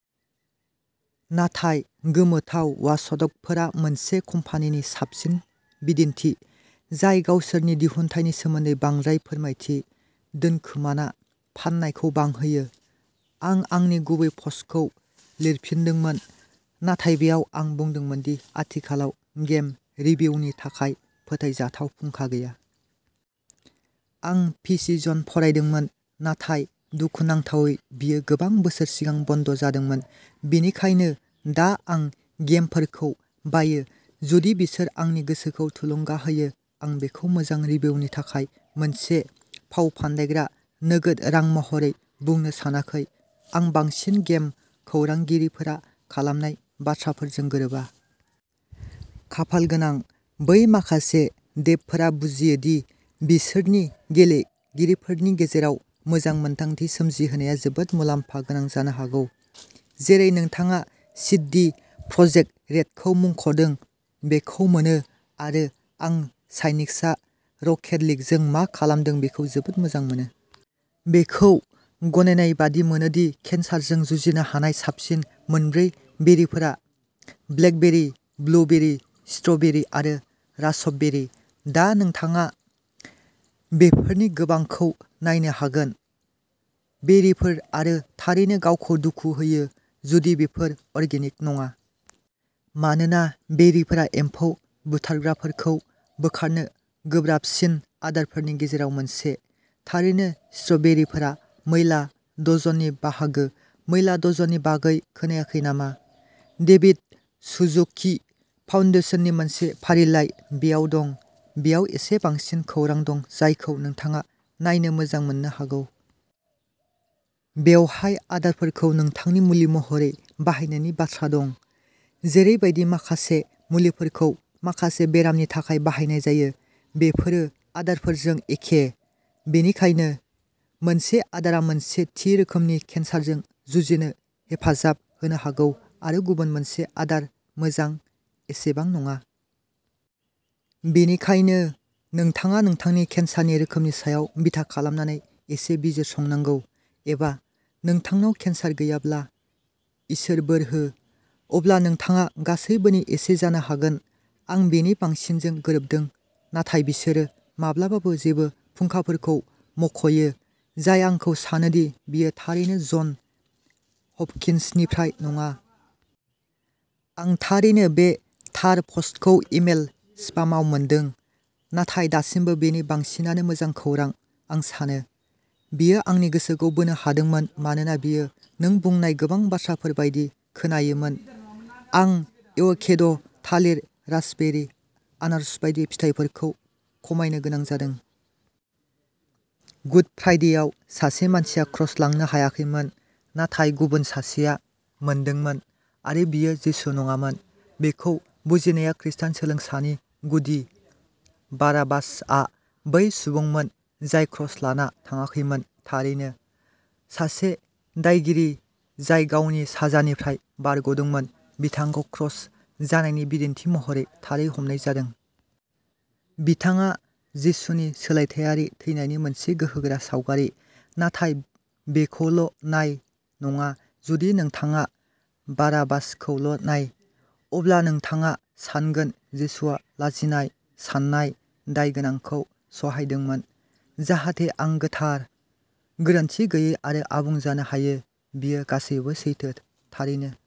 नाथाय गोमोथाव वाचडगफोरा मोनसे कम्पानिनि साबसिन बिदिन्थि, जाय गावसोरनि दिहुनथायनि सोमोन्दै बांद्राय फोरमायथि दोनखोमाना फाननायखौ बांहोयो। आं आंनि गुबै पस्टखौ लिरफिनदोंमोन, नाथाय बेयाव आं बुंदोंमोन दि आथिखालाव गेम रिभिउनि थाखाय फोथायजाथाव फुंखा गैया। आं पि सि जन फरायदोंमोन, नाथाय दुखुनांथावै बेयो गोबां बोसोर सिगां बन्द' जादोंमोन, बेनिखायनो दा आं गेमफोरखौ बायो जुदि बिसोर आंनि गोसोखौ थुलुंगा होयो। आं बेखौ मोजां रिभिउनि थाखाय मोनसे फावफान्दायग्रा नोगोद रां महरै बुंनो सानाखै, आं बांसिन गेम खौरांगिरिफोरा खालामनाय बाथ्राफोरजों गोरोबा। खाफालगोनां बै माखासे डेभफोरा बुजियो दि बिसोरनि गेलेगिरिफोरनि गेजेराव मोजां मोन्दांथि सोमजिहोनाया जोबोद मुलाम्फा गोनां जानो हागौ, जेरै नोंथाङा सिडि प्रजेक्ट रेडखौ मुंख'दों, बेखौ मोनो आरो आं साइनिक्सआ रकेट लीगजों मा खालामदों बेखौ जोबोद मोजां मोनो। बेखौ गनायनाय बादि मोनो दि केन्सारजों जुजिनो हानाय साबसिन मोन ब्रै बेरिफोरा ब्लेकबेरी, ब्लुबेरि, स्ट्र'बेरि आरो रास्पबेरी। दा, नोंथाङा बेफोरनि गोबांखौ नायनो हागोन। बेरिफोर आरो थारैनो गावखौ दुखु होयो जुदि बेफोर अर्गेनिक नङा। मानोना बेरिफोरा एम्फौ बुथारग्राफोरखौ बोखारनो गोब्राबसिन आदारफोरनि गेजेराव मोनसे। थारैनो स्ट्र'बेरिफोरा मैला डजननि बाहागो। मैला डजननि बागै खोनायाखै नामा? देभिद सुजुकि फाउन्डेशननि मोनसे फारिलाइ बेयाव दं। बेयाव एसे बांसिन खौरां दं जायखौ नोंथाङा नायनो मोजां मोननो हागौ। बेवहाय आदारफोरखौ नोंथांनि मुलि महरै बाहायनायनि बाथ्रा दं। जेरैबादि माखासे मुलिफोरखौ माखासे बेरामनि थाखाय बाहायनाय जायो, बेफोरो आदारफोरजों एखे। बेनिखायनो, मोनसे आदारा मोनसे थि रोखोमनि केन्सारजों जुजिनो हेफाजाब होनो हागौ आरो गुबुन मोनसे आदार मोजां एसेबां नङा। बेनिखायनो, नोंथाङा नोंथांनि केन्सारनि रोखोमनि सायाव बिथा खालामनानै एसे बिजिरसंनांगौ। एबा, नोंथांनाव केन्सार गैयाब्ला, इसोर बोर हो, अब्ला नोंथाङा गासैबोनि एसे जानो हागोन। आं बेनि बांसिनजों गोरोबदों नाथाय बिसोरो माब्लाबाबो जेबो फुंखाफोरखौ मुंख'यो जाय आंखौ सानो दि बेयो थारैनो जन हपकिन्सनिफ्राय नङा। आं थारैनो बे थार पस्टखौ इमेल स्पामआव मोनदों। नाथाय दासिमबो बेनि बांसिनानो मोजां खौरां, आं सानो। बेयो आंनि गोसोखौ बोनो हादोंमोन मानोना बेयो नों बुंनाय गोबां बाथ्राफोर बायदि खोनायोमोन। आं एव'केड', थालिर, रास्पबेरी, आनारस बायदि फिथाइफोरखौ खमायनो गोनां जादों। गुड फ्राइडेयाव, सासे मानसिया क्रस लांनो हायाखैमोन। नाथाय गुबुन सासेआ मोनदोंमोन-आरो बियो जिसु नङामोन। बिखौ बुजिनाया खृस्टान सोलोंसानि गुदि। बाराबासआ बै सुबुंमोन जाय क्रस लाना थाङाखैमोन, थारैनो। सासे दायगिरि जाय गावनि साजानिफ्राय बारग'दोंमोन, बिथांखौ क्रस जानायनि बिदिन्थि महरै थारै हमनाय जादों। बिथाङा जिसुनि सोलायथायारि थैनायनि मोनसे गोहोगोरा सावगारि। नाथाय बिखौल'नाय नङा जुदि नोंथाङा बाराबासखौल'नाय, अब्ला नोंथाङा सानगोन जिसुआ लाजिनाय, सानाय, दाय गोनांखौ सहायदोंमोन, जाहाथे आं गोथार, गोरोनथि गैयै आरो आबुं जानो हायो। बेयो गासैबो सैथो, थारैनो।